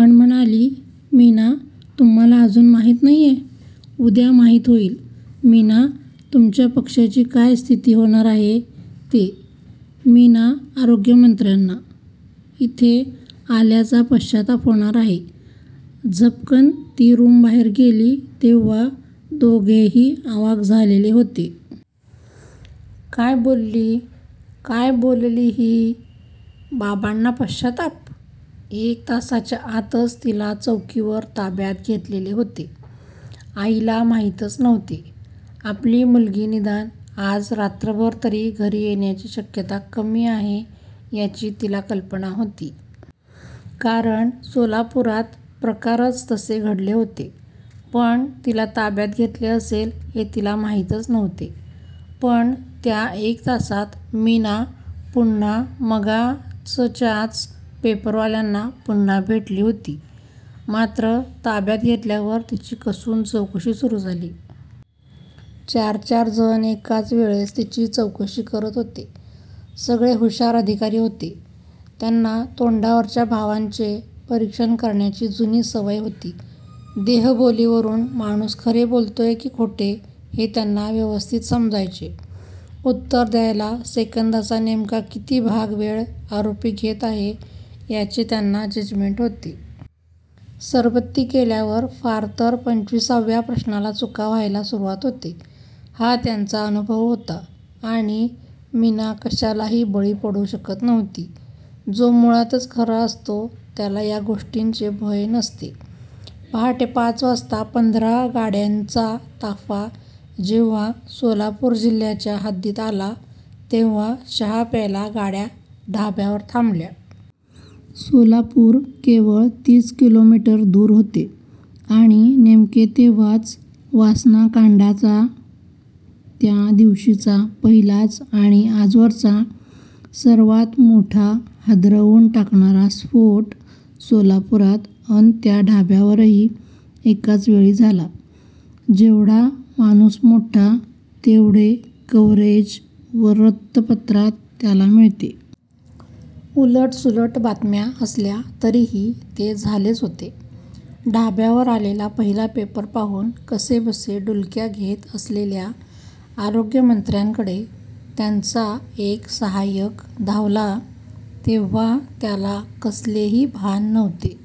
अन म्हणाली: मीना तुम्हाला अजून माहीत नाहीये. उद्या माहीत होईल. मीना तुमच्या पक्षाची काय स्थिती होणार आहे ते, मीना आरोग्यमंत्र्यांना. इथे आल्याचा पश्चात्ताप होणार आहे. झपकन ती रूमबाहेर गेली तेव्हा दोघेही अवाक झालेले होते. काय बोलली? काय बोलली ही? बाबांना पश्चात्ताप? एक तासाच्या आतच तिला चौकीवर ताब्यात घेतलेले होते. आईला माहीतच नव्हते. आपली मुलगी निदान आज रात्रभर तरी घरी येण्याची शक्यता कमी आहे याची तिला कल्पना होती. कारण सोलापुरात प्रकारच तसे घडले होते. पण तिला ताब्यात घेतले असेल हे तिला माहीतच नव्हते. पण त्या एक तासात मीना पुन्हा मगाचच्याच पेपरवाल्यांना पुन्हा भेटली होती. मात्र ताब्यात घेतल्यावर तिची कसून चौकशी सुरू झाली. चारचार जण एकाच वेळेस तिची चौकशी करत होते. सगळे हुषार अधिकारी होते. त्यांना तोंडावरच्या भावांचे परीक्षण करण्याची जुनी सवय होती. देहबोलीवरून माणूस खरे बोलतोय की खोटे हे त्यांना व्यवस्थित समजायचे. उत्तर द्यायला सेकंदाचा नेमका किती भाग वेळ आरोपी घेत आहे याचे त्यांना जजमेंट होते. सरबत्ती केल्यावर फ़ार तर पंचविसाव्या प्रश्नाला चुका व्हायला सुरुवात होते हा त्यांचा अनुभव होता. आणि मीना कशालाही बळी पडू शकत नव्हती. जो मुळातच खरा असतो त्याला या गोष्टींचे भय नसते. पहाटे पाच वाजता पंधरा गाड्यांचा ताफ़ा जेव्हा सोलापूर जिल्ह्याच्या हद्दीत आला तेव्हा चहा प्यायला गाड्या ढाब्यावर थांबल्या. सोलापूर केवळ तीस किलोमीटर दूर होते. आणि नेमके तेव्हाच, वासनाकांडाचा त्या दिवशीचा पहिलाच आणि आजवरचा सर्वात मोठा हादरवून टाकणारा स्फ़ोट सोलापुरात अन त्या ढाब्यावरही एकाचवेळी झाला. जेवढा माणूस मोठा. तेवढे कव्हरेज वृत्तपत्रात त्याला मिळते. उलटसुलट बातम्या असल्या तरीही, ते झालेच होते. ढाब्यावर आलेला पहिला पेपर पाहून कसेबसे डुलक्या घेत असलेल्या आरोग्यमंत्र्यांकडे त्यांचा एक सहाय्यक धावला तेव्हा त्याला कसलेही भान नव्हते.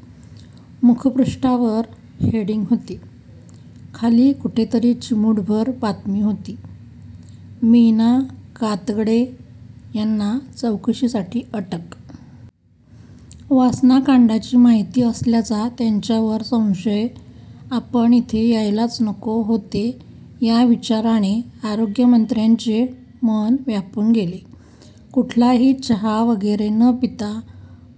मुखपृष्ठावर हेडिंग होते.खाली कुठेतरी चिमूटभर बातमी होती. मीना कातगडे यांना चौकशीसाठी अटक.. वासनाकांडाची माहिती असल्याचा त्यांच्यावर संशय आपण इथे यायलाच नको होते या विचाराने आरोग्यमंत्र्यांचे मन व्यापून गेले. कुठलाही चहा वगैरे न पिता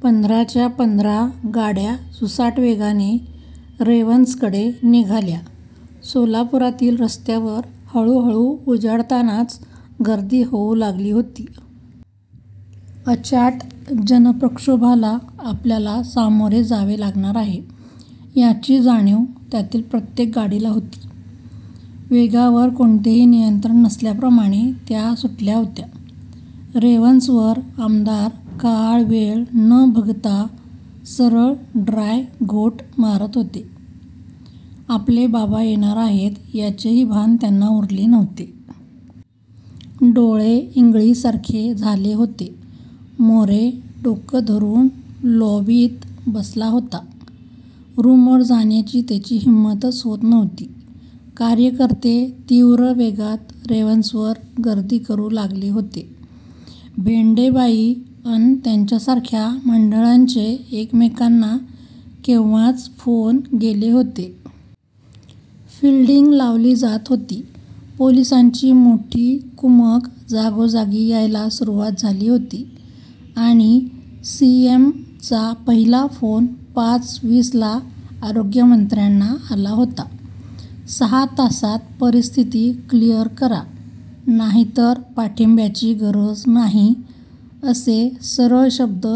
पंधराच्या पंधरा गाड्या सुसाट वेगाने रेव्हन्सकडे निघाल्या. सोलापुरातील रस्त्यावर हळूहळू उजाडतानाच गर्दी होऊ लागली होती. अचाट जनप्रक्षोभाला आपल्याला सामोरे जावे लागणार आहे याची जाणीव त्यातील प्रत्येक गाडीला होती. वेगावर कोणतेही नियंत्रण नसल्याप्रमाणे त्या सुटल्या होत्या. रेव्हन्सवर आमदार काळवेळ न बघता सरळ ड्राय घोट मारत होते. आपले बाबा येणार आहेत याचेही भान त्यांना उरले नव्हते. डोळे इंगळीसारखे झाले होते. मोरे डोकं धरून लॊबीत बसला होता. रूमवर जाण्याची त्याची हिंमतच होत नव्हती. कार्यकर्ते तीव्र वेगात रेव्हन्सवर गर्दी करू लागले होते. भेंडेबाई अन त्यांच्यासारख्या मंडळांचे एकमेकांना केव्हाच फ़ोन गेले होते. फ़िल्डींग लावली जात होती. पोलिसांची मोठी कुमक जागोजागी यायला सुरुवात झाली होती. आणि सी. एम. चा पहिला फ़ोन पाच वीसला आरोग्यमंत्र्यांना आला होता. सहा तासात परिस्थिती क्लीअर करा नाहीतर पाठिंब्याची गरज नाही असे सरळ शब्द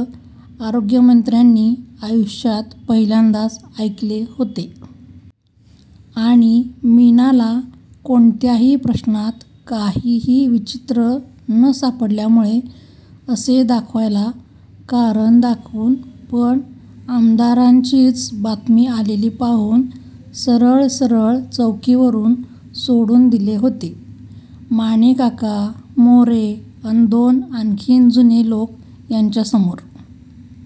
आरोग्यमंत्र्यांनी आयुष्यात पहिल्यांदाच ऐकले होते. आणि मीनाला,'कोणत्याही प्रश्नात काहीही विचित्र न सापडल्यामुळे' असे दाखवायला कारण दाखवून पण आमदारांचीच बातमी आलेली पाहून सरळ-सरळ चौकीवरून सोडून दिले होते. मानेकाका, मोरे अन दोन आणखीन जुने लोक यांच्यासमोर.